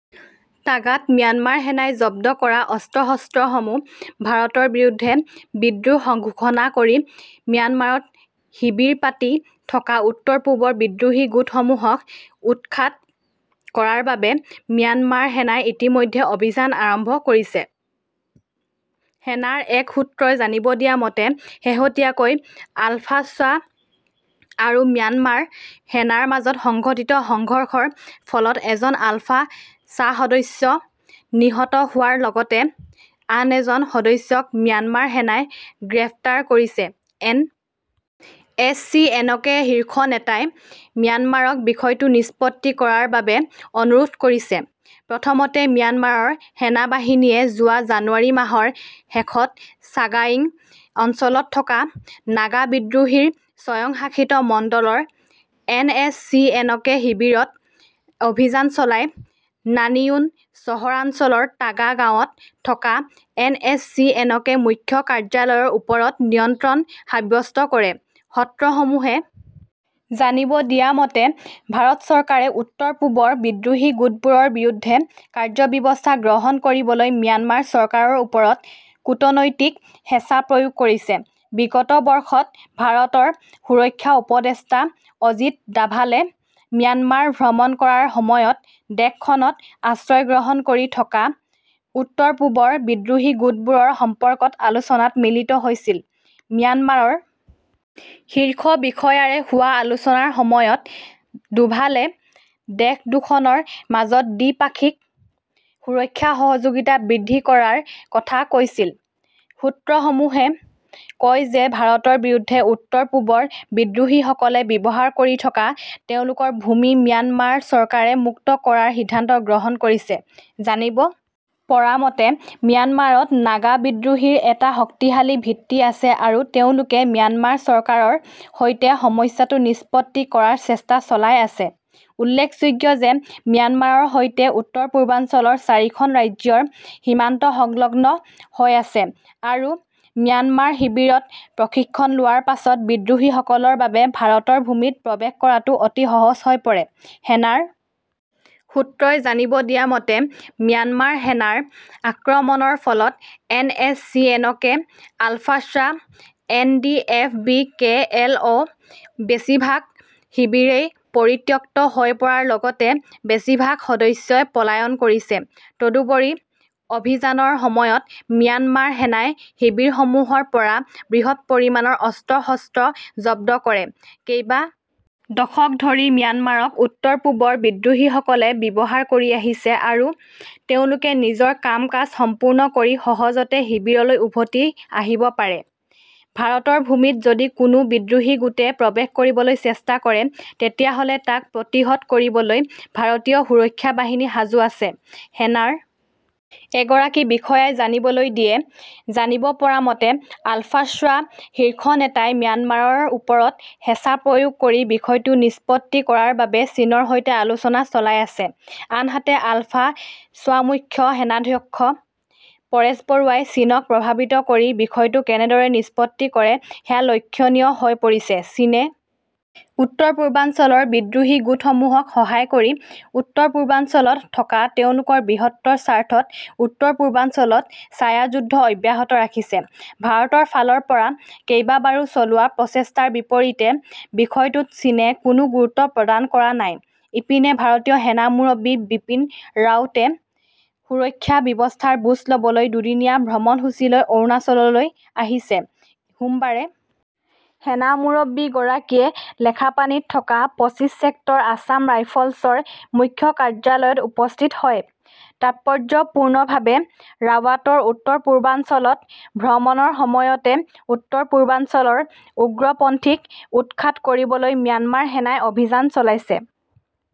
টাগাত Myanmar সেনাই জব্দ কৰা অস্ত্ৰ-শস্ত্ৰসমূহ ভাৰতৰ বিৰুদ্ধে বিদ্ৰোহ ঘোষণা কৰি ম্যানমাৰত শিবিৰ পাতি থকা উত্তৰ-পূবৰ বিদ্ৰোহী গোটসমূহক উৎখাত কৰাৰ বাবে ম্যানমাৰ সেনাই ইতিমধ্যে অভিযান আৰম্ভ কৰিছে। সেনাৰ এক সূত্ৰই জানিব দিয়া মতে শেহতীয়াকৈ আলফাস্বা আৰু ম্যানমাৰ সেনাৰ মাজত সংঘটিত সংঘৰ্ষৰ ফলত এজন আলফা স্বাসদস্য নিহত হোৱাৰ লগতে আন এজন সদস্যক ম্যানমাৰ সেনাই গ্ৰেপ্তাৰ কৰিছে। N S C N K শীৰ্ষ নেতাই ম্যানমাৰক বিষয়টো নিষ্পত্তি কৰাৰ বাবে অনুৰোধ কৰিছে। প্ৰথমতে ম্যানমাৰৰ সেনা বাহিনীয়ে যোৱা জানুৱাৰি মাহৰ শেষত ছাগায়িং অঞ্চলত থকা নাগা বিদ্ৰোহীৰ স্বয়ং শাসিত মণ্ডলৰ N S C N K শিৱিৰত অভিযান চলাই নানিয়ুন চহৰাঞ্চলৰ টাগা গাঁৱত থকা N S C N K মুখ্য কাৰ্যালয়ৰ ওপৰত নিয়ন্ত্ৰণ সাৱ্যস্ত কৰে। সূত্ৰসমূহে জানিব দিয়া মতে ভাৰত চৰকাৰে উত্তৰ-পূবৰ বিদ্ৰোহী গোটবোৰৰ বিৰুদ্ধে কাৰ্য ব্যৱস্থা গ্ৰহণ কৰিবলৈ ম্যানমাৰ চৰকাৰৰ ওপৰত কূটনৈতিক হেচা প্ৰয়োগ কৰিছে। বিগত বৰ্ষত ভাৰতৰ সুৰক্ষা উপদেষ্টা অজিত ডাভালে ম্যানমাৰ ভ্ৰমণ কৰাৰ সময়ত দেশখনত আশ্ৰয় গ্ৰহণ কৰি থকা উত্তৰ-পূবৰ বিদ্ৰোহী গোটবোৰৰ সম্পৰ্কত আলোচনাত মিলিত হৈছিল। ম্যানমাৰৰ শীৰ্ষ বিষয়াৰে হোৱা আলোচনাৰ সময়ত ডোভালে দেশ দুখনৰ মাজত দ্বি-পাক্ষিক সুৰক্ষা সহযোগিতা বৃদ্ধি কৰাৰ কথা কৈছিল। সূত্ৰসমূহে কয় যে ভাৰতৰ বিৰুদ্ধে উত্তৰ-পূবৰ বিদ্ৰোহীসকলে ব্যৱহাৰ কৰি থকা তেওঁলোকৰ ভূমি ম্যানমাৰ চৰকাৰে মুক্ত কৰাৰ সিদ্ধান্ত গ্ৰহণ কৰিছে। জানিব পৰা মতে ম্যানমাৰত নাগা বিদ্ৰোহীৰ এটা শক্তিশালী ভিত্তি আছে আৰু তেওঁলোকে ম্যানমাৰ চৰকাৰৰ সৈতে সমস্যাটো নিষ্পত্তি কৰাৰ চেষ্টা চলাই আছে। উল্লেখযোগ্য যে ম্যানমাৰৰ সৈতে উত্তৰ-পূৰ্বাঞ্চলৰ চাৰিখন ৰাজ্যৰ সীমান্ত সংলগ্ন হৈ আছে আৰু ম্যানমাৰ শিৱিৰত প্ৰশিক্ষণ লোৱাৰ পাছত বিদ্ৰোহীসকলৰ বাবে ভাৰতৰ ভূমিত প্ৰৱেশ কৰাটো অতি সহজ হৈ পৰে। সেনাৰ সূত্ৰই জানিব দিয়া মতে ম্যানমাৰ সেনাৰ আক্ৰমণৰ ফলত N S C N K আলফাস্বা N D F B K L O বেছিভাগ শিৱিৰেই পৰিত্যক্ত হৈ পৰাৰ লগতে বেছিভাগ সদস্যই পলায়ন কৰিছে। তদুপৰি অভিযানৰ সময়ত ম্যানমাৰ সেনাই শিৱিৰসমূহৰ পৰা বৃহৎ পৰিমানৰ অস্ত্ৰ-শস্ত্ৰ জব্দ কৰে। কেইবা দশক ধৰি ম্যানমাৰক উত্তৰ-পূবৰ বিদ্ৰোহীসকলে ব্যৱহাৰ কৰি আহিছে আৰু তেওঁলোকে নিজৰ কাম-কাজ সম্পূৰ্ণ কৰি সহজতে শিৱিৰলৈ উভতি আহিব পাৰে। ভাৰতৰ ভূমিত যদি কোনো বিদ্ৰোহী গোটে প্ৰৱেশ কৰিবলৈ চেষ্টা কৰে তেতিয়াহলে তাক প্ৰতিহত কৰিবলৈ ভাৰতীয় সুৰক্ষা বাহিনী সাজু আছে। সেনাৰ এগৰাকী বিষয়াই জানিবলৈ দিয়ে। জানিব পৰা মতে আলফাস্বা শীৰ্ষ নেতাই ম্যানমাৰৰ ওপৰত হেচা প্ৰয়োগ কৰি বিষয়টো নিষ্পত্তি কৰাৰ বাবে চীনৰ সৈতে আলোচনা চলাই আছে। আনহাতে আলফা স্বামুখ্য সেনাধ্যক্ষ পৰেশ বৰুৱাই চীনক প্ৰভাৱিত কৰি বিষয়টো কেনেদৰে নিষ্পত্তি কৰে সেয়া লক্ষণীয় হৈ পৰিছে। চীনে উত্তৰ-পূৰ্বাঞ্চলৰ বিদ্ৰোহী গোটসমূহক সহায় কৰি উত্তৰ-পূৰ্বাঞ্চলত থকা তেওঁলোকৰ বৃহত্তৰ স্বাৰ্থত উত্তৰ-পূৰ্বাঞ্চলত ছায়াযুদ্ধ অব্যাহত ৰাখিছে। ভাৰতৰ ফালৰ পৰা কেইবাবাৰো চলোৱা প্ৰচেষ্টাৰ বিপৰীতে বিষয়টোত চীনে কোনো গুৰুত্ব প্ৰদান কৰা নাই। ইপিনে ভাৰতীয় সেনা মুৰব্বী বিপিন ৰাৱটে সুৰক্ষা ব্যৱস্থাৰ বুজ লবলৈ দুদিনীয়া ভ্ৰমণসূচীলৈ অৰুণাচললৈ আহিছে। সোমবাৰে সেনা মুৰব্বী গৰাকীয়ে লেখাপানীত থকা পঁচিশ ছেক্টৰ আছাম ৰাইফলছৰ মুখ্য কাৰ্যালয়ত উপস্থিত হয়। তাৎপৰ্যপূৰ্ণভাৱে ৰাৱাটৰ উত্তৰ-পূৰ্বাঞ্চলত ভ্ৰমণৰ সময়তে উত্তৰ-পূৰ্বাঞ্চলৰ উগ্ৰপন্থীক উৎখাত কৰিবলৈ ম্যানমাৰ সেনাই অভিযান চলাইছে।